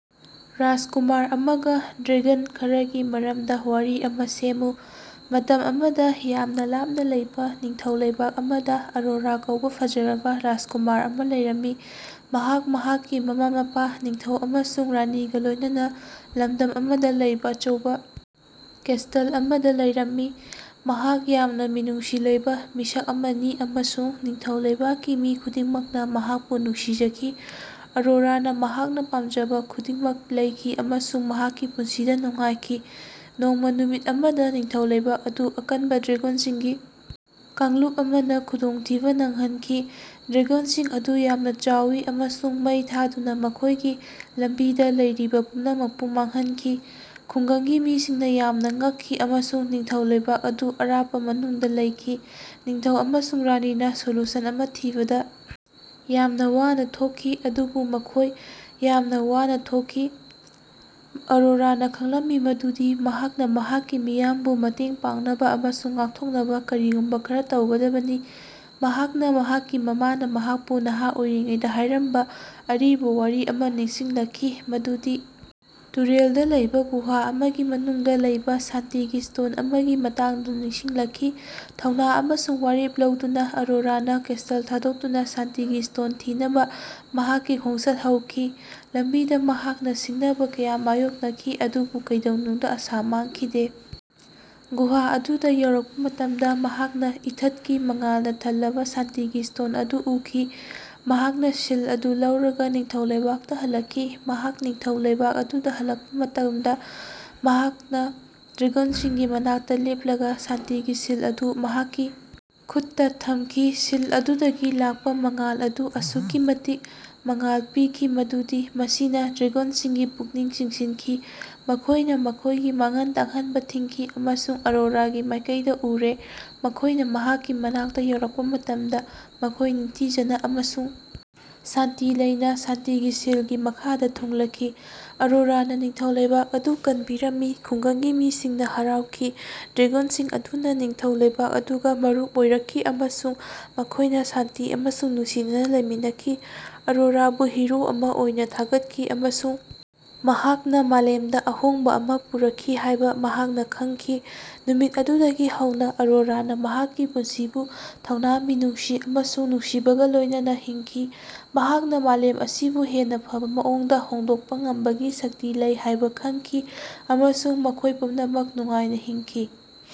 ꯔꯥꯖꯀꯨꯃꯥꯔ ꯑꯃꯒꯥ ꯗ꯭ꯔꯥꯒꯟ ꯈꯔꯒꯤ ꯃꯔꯝꯗꯥ ꯋꯥꯔꯤ ꯑꯃꯥ ꯁꯦꯝꯃꯨ꯫ ꯃꯇꯝ ꯑꯃꯗꯥ ꯌꯥꯝꯅꯥ ꯂꯥꯞꯅꯥ ꯂꯩꯕꯥ ꯅꯤꯡꯊꯧ ꯂꯩꯕꯥꯛ ꯑꯃꯗꯥ ꯑꯔꯣꯔꯥ ꯀꯧꯕꯥ ꯐꯖꯔꯕꯥ ꯔꯥꯖꯀꯨꯃꯥꯔ ꯑꯃꯥ ꯂꯩꯔꯝꯃꯤ꯫ ꯃꯍꯥꯛ ꯃꯍꯥꯛꯀꯤ ꯃꯃꯥ-ꯃꯄꯥ ꯅꯤꯡꯊꯧ ꯑꯃꯁꯨꯡ ꯔꯥꯅꯤꯒꯥ ꯂꯣꯏꯅꯅꯥ ꯂꯝꯗꯝ ꯑꯃꯗꯥ ꯂꯩꯕꯥ ꯑꯆꯧꯕꯥ ꯀꯦꯁꯇꯜ ꯑꯃꯗꯥ ꯂꯩꯔꯝꯃꯤ꯫ ꯃꯍꯥꯛ ꯌꯥꯝꯅꯥ ꯃꯤꯅꯨꯡꯁꯤ ꯂꯩꯕꯥ ꯃꯤꯁꯛ ꯑꯃꯅꯤ ꯑꯃꯁꯨꯡ ꯅꯤꯡꯊꯧ ꯂꯩꯕꯥꯛꯀꯤ ꯃꯤ ꯈꯨꯗꯤꯡꯃꯛꯅꯥ ꯃꯍꯥꯛꯄꯨ ꯅꯨꯡꯁꯤꯖꯈꯤ꯫ ꯑꯔꯣꯔꯥꯅꯥ ꯃꯍꯥꯛꯅꯥ ꯄꯥꯝꯖꯕꯥ ꯈꯨꯗꯤꯡꯃꯛ ꯂꯩꯈꯤ ꯑꯃꯁꯨꯡ ꯃꯍꯥꯛꯀꯤ ꯄꯨꯟꯁꯤꯗꯥ ꯅꯨꯡꯉꯥꯏꯈꯤ, ꯅꯣꯡꯃꯥ ꯅꯨꯃꯤꯠ ꯑꯃꯗꯥ ꯅꯤꯡꯊꯧ ꯂꯩꯕꯥꯛ ꯑꯗꯨ ꯑꯀꯟꯕꯥ ꯗ꯭ꯔꯥꯒꯟꯁꯤꯡꯒꯤ ꯀꯥꯡꯂꯨꯞ ꯑꯃꯅꯥ ꯈꯨꯗꯣꯡꯊꯤꯕꯥ ꯅꯪꯍꯟꯈꯤ꯫ ꯗ꯭ꯔꯥꯒꯟꯁꯤꯡ ꯑꯗꯨ ꯌꯥꯝꯅꯥ ꯆꯥꯎꯏ ꯑꯃꯁꯨꯡ ꯃꯩ ꯊꯥꯗꯨꯅꯥ ꯃꯈꯣꯏꯒꯤ ꯂꯝꯕꯤꯗꯥ ꯂꯩꯔꯤꯕꯥ ꯄꯨꯝꯅꯃꯛꯄꯨ ꯃꯥꯡꯍꯟꯈꯤ꯫ ꯈꯨꯡꯒꯪꯒꯤ ꯃꯤꯁꯤꯡꯅꯥ ꯌꯥꯝꯅꯥ ꯉꯛꯈꯤ ꯑꯃꯁꯨꯡ ꯅꯤꯡꯊꯧ ꯂꯩꯕꯥꯛ ꯑꯗꯨ ꯑꯔꯥꯞꯄꯥ ꯃꯅꯨꯡꯗꯥ ꯂꯩꯈꯤ꯫ ꯅꯤꯡꯊꯧ ꯑꯃꯁꯨꯡ ꯔꯥꯅꯤꯅꯥ ꯁꯣꯂꯨꯁꯟ ꯑꯃꯥ ꯊꯤꯕꯗꯥ ꯌꯥꯝꯅꯥ ꯋꯥꯅꯥ ꯊꯣꯛꯈꯤ ꯑꯗꯨꯕꯨ ꯃꯈꯣꯏ ꯌꯥꯝꯅꯥ ꯋꯥꯅꯥ ꯊꯣꯛꯈꯤ꯫ ꯑꯔꯣꯔꯥꯅꯥ ꯈꯪꯂꯝꯏ ꯃꯗꯨꯗꯤ ꯃꯍꯥꯛꯅꯥ ꯃꯍꯥꯛꯀꯤ ꯃꯤꯌꯥꯝꯕꯨ ꯃꯇꯦꯡ ꯄꯥꯡꯅꯕꯥ ꯑꯃꯁꯨꯡ ꯉꯥꯛꯊꯣꯛꯅꯕꯥ ꯀꯔꯤꯒꯨꯝꯕꯥ ꯈꯔꯥ ꯇꯧꯒꯗꯕꯅꯤ꯫ ꯃꯍꯥꯛꯅꯥ ꯃꯍꯥꯛꯀꯤ ꯃꯃꯥꯅꯥ ꯃꯍꯥꯛꯄꯨ ꯅꯍꯥ ꯑꯣꯏꯔꯤꯉꯩꯗꯥ ꯍꯥꯏꯔꯝꯕꯥ ꯑꯔꯤꯕꯥ ꯋꯥꯔꯤ ꯑꯃꯥ ꯅꯤꯡꯁꯤꯡꯂꯛꯈꯤ, ꯃꯗꯨꯗꯤ ꯇꯨꯔꯦꯜꯗꯥ ꯂꯩꯕꯥ ꯒꯨꯍꯥ ꯑꯃꯒꯤ ꯃꯅꯨꯡꯗꯥ ꯂꯩꯕꯥ ꯁꯥꯟꯇꯤꯒꯤ ꯁ꯭ꯇꯣꯟ ꯑꯃꯒꯤ ꯃꯇꯥꯡꯗꯥ ꯅꯤꯡꯁꯤꯡꯂꯛꯈꯤ꯫ ꯊꯧꯅꯥ ꯑꯃꯁꯨꯡ ꯋꯥꯔꯦꯞ ꯂꯧꯗꯨꯅꯥ ꯑꯔꯣꯔꯥꯅꯥ ꯀꯦꯁꯇꯜ ꯊꯥꯗꯣꯛꯇꯨꯅꯥ ꯁꯥꯟꯇꯤꯒꯤ ꯁ꯭ꯇꯣꯟ ꯊꯤꯅꯕꯥ ꯃꯍꯥꯛꯀꯤ ꯈꯣꯡꯆꯠ ꯍꯧꯈꯤ꯫ ꯂꯝꯕꯤꯗꯥ ꯃꯍꯥꯛꯅꯥ ꯁꯤꯡꯅꯕꯥ ꯀꯌꯥ ꯃꯥꯌꯣꯛꯅꯈꯤ ꯑꯗꯨꯕꯨ ꯀꯩꯗꯧꯅꯨꯡꯗꯥ ꯑꯥꯁꯥ ꯃꯥꯡꯈꯤꯗꯦ꯫ ꯒꯨꯍꯥ ꯑꯗꯨꯗꯥ ꯌꯧꯔꯛꯄꯥ ꯃꯇꯝꯗꯥ ꯃꯍꯥꯛꯅꯥ ꯏꯊꯠꯀꯤ ꯃꯉꯥꯜꯅꯥ ꯊꯜꯂꯕꯥ ꯁꯥꯟꯇꯤꯒꯤ ꯁ꯭ꯇꯣꯟ ꯑꯗꯨ ꯎꯈꯤ꯫ ꯃꯍꯥꯛꯅꯥ ꯁꯤꯜ ꯑꯗꯨ ꯂꯧꯔꯒꯥ ꯅꯤꯡꯊꯧ ꯂꯩꯕꯥꯛꯇꯥ ꯍꯜꯂꯛꯈꯤ꯫ ꯃꯍꯥꯛ ꯅꯤꯡꯊꯧ ꯂꯩꯕꯥꯛ ꯑꯗꯨꯗꯥ ꯍꯜꯂꯛꯄꯥ ꯃꯇꯛꯗꯥ ꯃꯍꯥꯛꯅꯥ ꯗ꯭ꯔꯥꯒꯟꯁꯤꯡꯒꯤ ꯃꯅꯥꯛꯇꯥ ꯂꯦꯞꯂꯒꯥ ꯁꯥꯟꯇꯤꯒꯤ ꯁꯤꯜ ꯑꯗꯨ ꯃꯍꯥꯛꯀꯤ ꯈꯨꯠꯇꯥ ꯊꯝꯈꯤ꯫ ꯁꯤꯜ ꯑꯗꯨꯗꯒꯤ ꯂꯥꯛꯄꯥ ꯃꯉꯥꯜ ꯑꯗꯨ ꯑꯁꯨꯛꯀꯤ ꯃꯇꯤꯛ ꯃꯉꯥꯜ ꯄꯤꯈꯤ ꯃꯗꯨꯗꯤ ꯃꯁꯤꯅꯥ ꯗ꯭ꯔꯥꯒꯟꯁꯤꯡꯒꯤ ꯄꯨꯛꯅꯤꯡ ꯆꯤꯡꯁꯤꯟꯈꯤ꯫ ꯃꯈꯣꯏꯅꯥ ꯃꯈꯣꯏꯒꯤ ꯃꯥꯡꯍꯟ ꯇꯥꯛꯍꯟꯕꯥ ꯊꯤꯡꯈꯤ ꯑꯃꯁꯨꯡ ꯑꯔꯣꯔꯥꯒꯤ ꯃꯥꯏꯀꯩꯗꯥ ꯎꯔꯦ꯫ ꯃꯈꯣꯏꯅꯥ ꯃꯍꯥꯛꯀꯤ ꯃꯅꯥꯛꯇꯥ ꯌꯧꯔꯛꯄꯥ ꯃꯇꯃꯗꯥ ꯃꯈꯣꯏ ꯅꯤꯡꯊꯤꯖꯅꯥ ꯑꯃꯁꯨꯡ ꯁꯥꯟꯇꯤ ꯂꯩꯅꯥ ꯁꯥꯟꯇꯤꯒꯤ ꯁꯤꯜꯒꯤ ꯃꯈꯥꯗꯥ ꯊꯨꯡꯂꯈꯤ꯫ ꯑꯔꯣꯔꯥꯅꯥ ꯅꯤꯡꯊꯧ ꯂꯩꯕꯥꯛ ꯑꯗꯨ ꯀꯟꯕꯤꯔꯝꯃꯤ, ꯈꯨꯡꯒꯪꯒꯤ ꯃꯤꯁꯤꯡꯅꯥ ꯍꯔꯥꯎꯈꯤ꯫ ꯗ꯭ꯔꯥꯒꯟꯁꯤꯡ ꯑꯗꯨꯅꯥ ꯅꯤꯡꯊꯧ ꯂꯩꯕꯥꯛ ꯑꯗꯨꯒꯥ ꯃꯔꯨꯞ ꯑꯣꯏꯔꯛꯈꯤ ꯑꯃꯁꯨꯡ ꯃꯈꯣꯏꯅꯥ ꯁꯥꯟꯇꯤ ꯑꯃꯁꯨꯡ ꯅꯨꯡꯁꯤꯅꯅꯥ ꯂꯩꯃꯤꯟꯅꯈꯤ꯫ ꯑꯔꯣꯔꯥꯕꯨ ꯍꯤꯔꯣ ꯑꯃꯥ ꯑꯣꯏꯅꯥ ꯊꯥꯒꯠꯈꯤ ꯑꯃꯁꯨꯡ ꯃꯍꯥꯛꯅꯥ ꯃꯥꯂꯦꯝꯗꯥ ꯑꯍꯣꯡꯕꯥ ꯑꯃꯥ ꯄꯨꯔꯛꯈꯤ ꯍꯥꯏꯕꯥ ꯃꯍꯥꯛꯅꯥ ꯈꯪꯈꯤ꯫ ꯅꯨꯃꯤꯠ ꯑꯗꯨꯗꯒꯤ ꯍꯧꯅꯥ ꯑꯔꯣꯔꯥꯅꯥ ꯃꯍꯥꯛꯀꯤ ꯄꯨꯟꯁꯤꯕꯨ ꯊꯧꯅꯥ, ꯃꯤꯅꯨꯡꯁꯤ ꯑꯃꯁꯨꯡ ꯅꯨꯡꯁꯤꯕꯒꯥ ꯂꯣꯏꯅꯅꯥ ꯍꯤꯡꯈꯤ, ꯃꯍꯥꯛꯅꯥ ꯃꯥꯂꯦꯝ ꯑꯁꯤꯕꯨ ꯍꯦꯟꯅꯥ ꯐꯕꯥ ꯃꯑꯣꯡꯗꯥ ꯍꯣꯡꯗꯣꯛꯄꯥ ꯉꯝꯕꯒꯤ ꯁꯛꯇꯤ ꯂꯩ ꯍꯥꯏꯕꯥ ꯈꯪꯈꯤ ꯑꯃꯁꯨꯡ ꯃꯈꯣꯏ ꯄꯨꯝꯅꯃꯛ ꯅꯨꯡꯉꯥꯏꯅꯥ ꯍꯤꯡꯈꯤ꯫